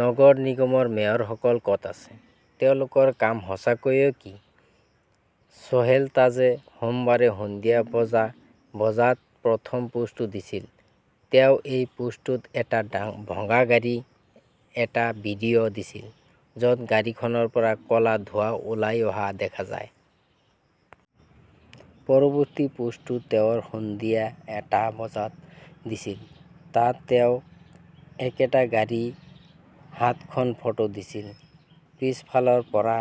নগৰ নিগমৰ মেয়ৰসকল ক "ত আছে? তেওঁলোকৰ কাম সঁচাকৈয়ে কি? 'চোহেল তাজে সোমবাৰে সন্ধিয়া বজা বজাত প্ৰথম পোষ্টটো দিছিল। তেওঁ এই পোষ্টটোত এটা ভঙা গাড়ীৰ এটা ভিডিঅ "দিছিল। য 'ত গাড়ীখনৰ পৰা ক' লা ধোঁৱা ওলাই অহা দেখা যায়। পৰৱৰ্তী পোষ্টটো তেওঁ সন্ধিয়া টা বজাত দিছিল। তাত তেওঁ একেটা গাড়ীৰ সাতখন ফটো দিছিল। পিছফালৰ পৰা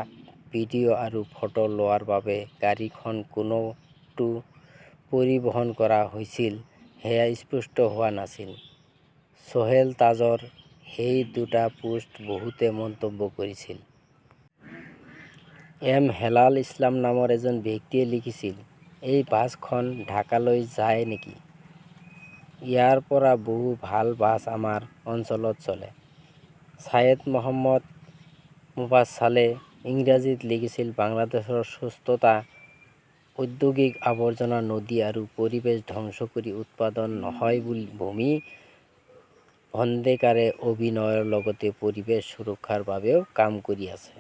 ভিডিঅ 'আৰু ফটো লোৱাৰ বাবে গাড়ীখন কোনটো পৰিবহণ কৰা হৈছিল সেয়া স্পষ্ট হোৱা নাছিল। চোহেল তাজৰ সেই দুটা পোষ্টত বহুতে মন্তব্য কৰিছিল। 'এম হেলাল ইছলাম নামৰ এজন ব্যক্তিয়ে লিখিছিল,' এই বাছখন ঢাকালৈ যায় নেকি? ইয়াৰ পৰা বহু ভাল বাছ আমাৰ অঞ্চলত চলে! "ছায়েদ মো. মোফাছালে ইংৰাজীত লিখিছিল, 'বাংলাদেশৰ সুস্থতা "। ঔদ্যোগিক আৱৰ্জনা নদী আৰু পৰিৱেশ ধ্বংস কৰি উৎপাদন নহয় ভূমি বদ্নেকাৰে অভিনয়ৰ লগতে পৰিৱেশ সুৰক্ষাৰ বাবেও কাম কৰি আছে।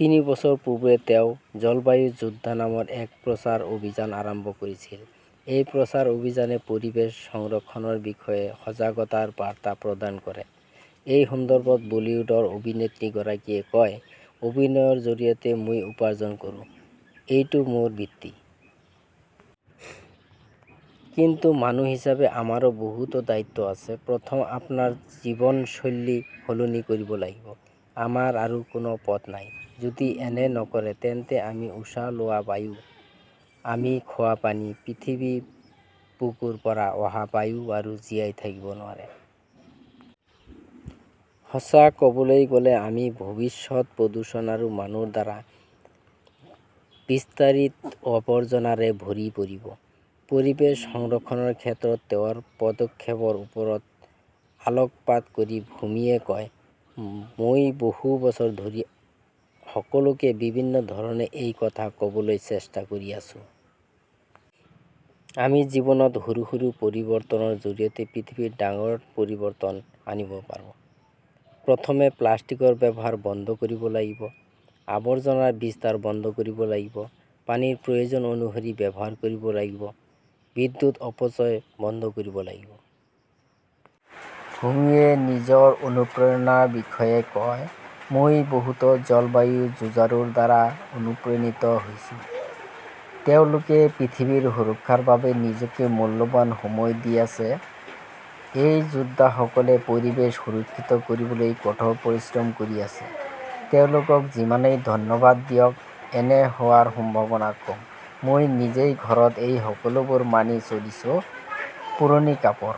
তিনি বছৰ পূৰ্বে তেওঁ জলবায়ু যোদ্ধা নামৰ এক প্ৰচাৰ অভিযান আৰম্ভ কৰিছিল। এই প্ৰচাৰ অভিযানে পৰিৱেশ সংৰক্ষণৰ বিষয়ে সজাগতাৰ বাৰ্তা প্ৰদান কৰে। এই সন্দৰ্ভত বলীউডৰ অভিনেত্ৰীগৰাকীয়ে কয়, "অভিনয়ৰ জৰিয়তে মই উপাৰ্জন কৰোঁ। এইটো মোৰ বৃত্তি। কিন্তু মানুহ হিচাপে আমাৰো বহুতো দায়িত্ব আছে। প্ৰথমে আপোনাৰ জীৱনশৈলী সলনি কৰিব লাগিব। আমাৰ আৰু কোনো পথ নাই। যদি এনে নকৰে, তেন্তে আমি উশাহ লোৱা বায়ু, আমি খোৱা পানী, পৃথিৱীৰ বুকুৰ পৰা অহা বায়ু আৰু জীয়াই থাকিব নোৱাৰিব। সঁচা ক "বলৈ গ" লে, আমাৰ ভৱিষ্যত প্ৰদূষণ আৰু মানুহৰ দ্বাৰা বিস্তাৰিত আৱৰ্জনাৰে ভৰি পৰিব। 'পৰিৱেশ সংৰক্ষণৰ ক্ষেত্ৰত তেওঁৰ পদক্ষেপৰ ওপৰত আলোকপাত কৰি ভূমিয়ে কয়,' মই বহু বছৰ ধৰি সকলোকে বিভিন্ন ধৰণে এই কথা ক 'বলৈ চেষ্টা কৰি আহিছো। আমি জীৱনত সৰু সৰু পৰিৱৰ্তনৰ জৰিয়তে পৃথিৱীত ডাঙৰ পৰিৱৰ্তন আনিব পাৰোঁ। প্ৰথমে প্লাষ্টিকৰ ব্যৱহাৰ বন্ধ কৰিব লাগিব। আৱৰ্জনাৰ বিস্তাৰ বন্ধ কৰিব লাগিব। পানী প্ৰয়োজন অনুসৰি ব্যৱহাৰ কৰিব লাগিব। বিদ্যুৎৰ অপচয়ও বন্ধ কৰিব লাগিব। 'ভূমিৱে নিজৰ অনুপ্ৰেৰণাৰ বিষয়ে কয়,' মই বহুতো জলবায়ু যুঁজাৰুৰ দ্বাৰা অনুপ্ৰাণিত হৈছো। তেওঁলোকে পৃথিৱীৰ সুৰক্ষাৰ বাবে নিজকে মূল্যৱান সময় দি আছে। এই যোদ্ধাসকলে পৰিৱেশ সুৰক্ষিত কৰিবলৈ কঠোৰ পৰিশ্ৰম কৰি আছে। তেওঁলোকক যিমানেই ধন্যবাদ দিয়ক, এনে হোৱাৰ সম্ভাৱনা কম। মই নিজেই ঘৰত এই সকলোবোৰ মানি চলিছোঁ। পুৰণি কাপোৰ